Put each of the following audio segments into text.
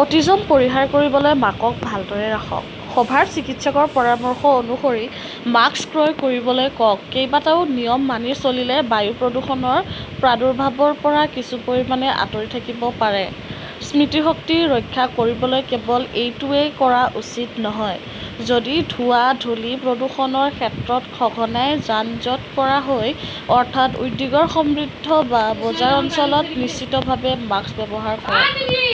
Autism পৰিহাৰ কৰিবলৈ মাকক ভালদৰে ৰাখক, সভাৰ চিকিৎসকৰ পৰামৰ্শ অনুসৰি মাস্ক ক্ৰয় কৰিবলৈ কওক কেইবাটাও নিয়ম মানি চলিলে বায়ু প্ৰদূষণৰ প্ৰাদুৰ্ভাৱৰ পৰা কিছু পৰিমাণে আঁতৰি থাকিব পাৰে। স্মৃতিশক্তি ৰক্ষা কৰিবলৈ কেৱল এইটোৱেই কৰা উচিত নহয়, যদি ধোঁৱা, ধূলি, প্ৰদূষণৰ ক্ষেত্ৰত সঘনাই যান-জঁট কৰা হয়, অৰ্থাৎ উদ্যোগ সমৃদ্ধ বা বজাৰ অঞ্চলত, নিশ্চিতভাৱে মাস্ক ব্যৱহাৰ কৰক।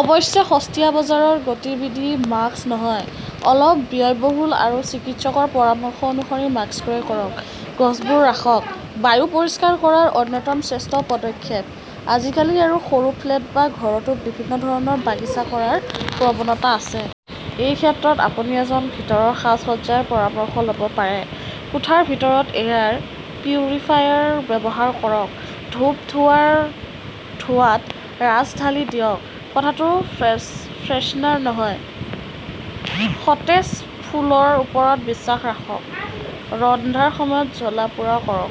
অৱশ্যে, সস্তীয়া বজাৰৰ গতিবিধি মাস্ক নহয়। অলপ ব্যয়বহুল আৰু চিকিৎসকৰ পৰামৰ্শ অনুসৰি মাস্ক ক্ৰয় কৰক। গছবোৰ ৰাখক। বায়ু পৰিষ্কাৰ কৰাৰ অন্যতম শ্ৰেষ্ঠ পদক্ষেপ। আজিকালি সৰু ফ্লেট বা ঘৰতো বিভিন্ন ধৰণৰ বাগিচা কৰাৰ প্ৰৱণতা আছে। এই ক্ষেত্ৰত আপুনি এজন ভিতৰৰ সাজ-সজ্জাৰ পৰামৰ্শ ল'ব পাৰে। কোঠাৰ ভিতৰত এয়াৰ পিউৰিফায়াৰ ব্যৱহাৰ কৰক। ধূপ ধোৱাৰ ধোঁৱাত ৰাছ ঢালি দিয়ক। কোঠাটো ফ্ৰেছনাৰ নহয়, সতেজ ফুলৰ ওপৰত বিশ্বাস ৰাখক। ৰন্ধাৰ সময়ত জ্বলা-পোৰা কৰক।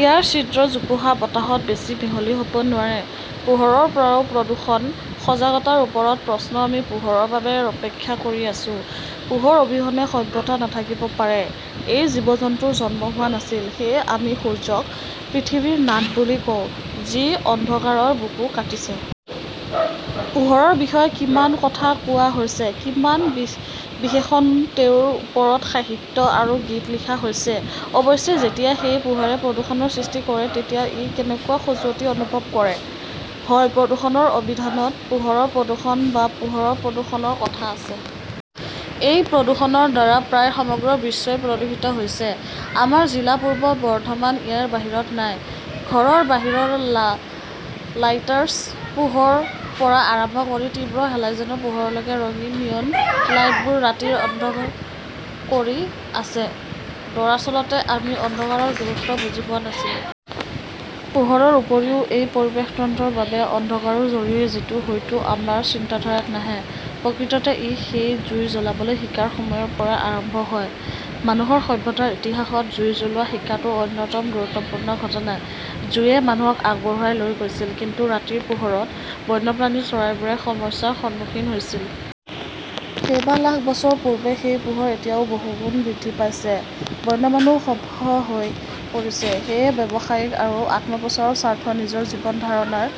ইয়াৰ ছিদ্ৰৰ জোপোহা বতাহত বেছি মিহলি হ'ব নোৱাৰে। পোহৰৰ পৰাও প্ৰদূষণ, সজাগতাৰ ওপৰত প্ৰশ্ন আমি পোহৰৰ বাবে অপেক্ষা কৰি আছো। পোহৰ অবিহনে সভ্যতা নাথাকিব পাৰে। এই জীৱ-জন্তুৰ জন্ম হোৱা নাছিল। সেয়েহে আমি সূৰ্যক পৃথিৱীৰ নাথ বুলি কওঁ, যি অন্ধকাৰৰ বুকু কাটিছে। পোহৰৰ বিষয়ে কিমান কথা কোৱা হৈছে, কিমান বিশেষণ তেওঁৰ ওপৰত সাহিত্য আৰু গীত লিখা হৈছে। অৱশ্যে, যেতিয়া সেই পোহৰে প্ৰদূষণৰ সৃষ্টি কৰে তেতিয়া ই কেনেকুৱা খজুৱতি অনুভৱ কৰে। হয় প্ৰদূষণ অভিধানত পোহৰৰ প্ৰদূষণ বা পোহৰৰ প্ৰদূষণৰ কথা আছে। এই প্ৰদূষণৰ দ্বাৰা প্ৰায় সমগ্ৰ বিশ্বই প্ৰদূষিত হৈছে। আমাৰ জিলা পূব বৰ্ধমান ইয়াৰ বাহিৰত নাই। ঘৰৰ বাহিৰৰ লাইটহাউছৰ পোহৰৰ পৰা আৰম্ভ কৰি তীব্ৰ হেলোজেনৰ পোহৰলৈকে, ৰঙীন নিয়ন লাইটবোৰে ৰাতিৰ অন্ধকাৰ কৰি আছে। দৰাচলতে আমি অন্ধকাৰৰ গুৰুত্ব বুজি পোৱা নাছিলো। পোহৰৰ উপৰিও, এই পৰিৱেশ তন্ত্ৰৰ বাবে অন্ধকাৰো জৰুৰী যিটো হয়তো আমাৰ চিন্তাধাৰাত নাহে। প্ৰকৃততে ই সেই জুই জ্বলাইবলৈ শিকাৰ সময়ৰ পৰাই আৰম্ভ হয়। মানুহৰ সভ্যতাৰ ইতিহাসত জুই জ্বলোৱা শিকাটো অন্যতম গুৰুত্বপূৰ্ণ ঘটনা। জুইয়ে মানুহক আগুৱাই লৈ গৈছিল, কিন্তু ৰাতিৰ পোহৰত বন্যপ্ৰাণী, চৰাইবোৰে সমস্যাৰ সন্মুখীন হৈছিল। কেইবা লাখ বছৰ পূৰ্বে সেই পোহৰ এতিয়া বহুগুণ বৃদ্ধি পাইছে। বন্য মানুহ সভ্য হৈ পৰিছে। সেয়েহে, ব্যৱসায়িক আৰু আত্ম-প্ৰচাৰৰ স্বাৰ্থ নিজৰ জীৱন ধাৰণৰ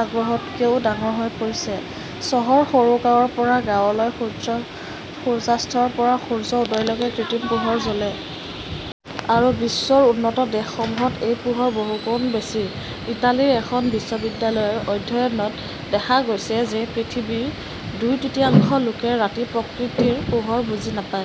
আগ্ৰহতকৈও ডাঙৰ হৈ পৰিছে। চহৰ, সৰু গাঁৱৰ পৰা গাঁৱলৈ সূৰ্যাস্তৰ পৰা সূৰ্য উদয়লৈকে কৃত্ৰিম পোহৰ জ্বলে। আৰু বিশ্বৰ উন্নত দেশসমূহত এই পোহৰ বহুগুণ বেছি। ইটালীৰ এখন বিশ্ববিদ্যালয়ৰ অধ্যয়নত দেখা গৈছে যে পৃথিৱীৰ দুই তৃতীয়াংশ লোকে ৰাতি প্ৰকৃতিৰ পোহৰ বুজি নাপায়।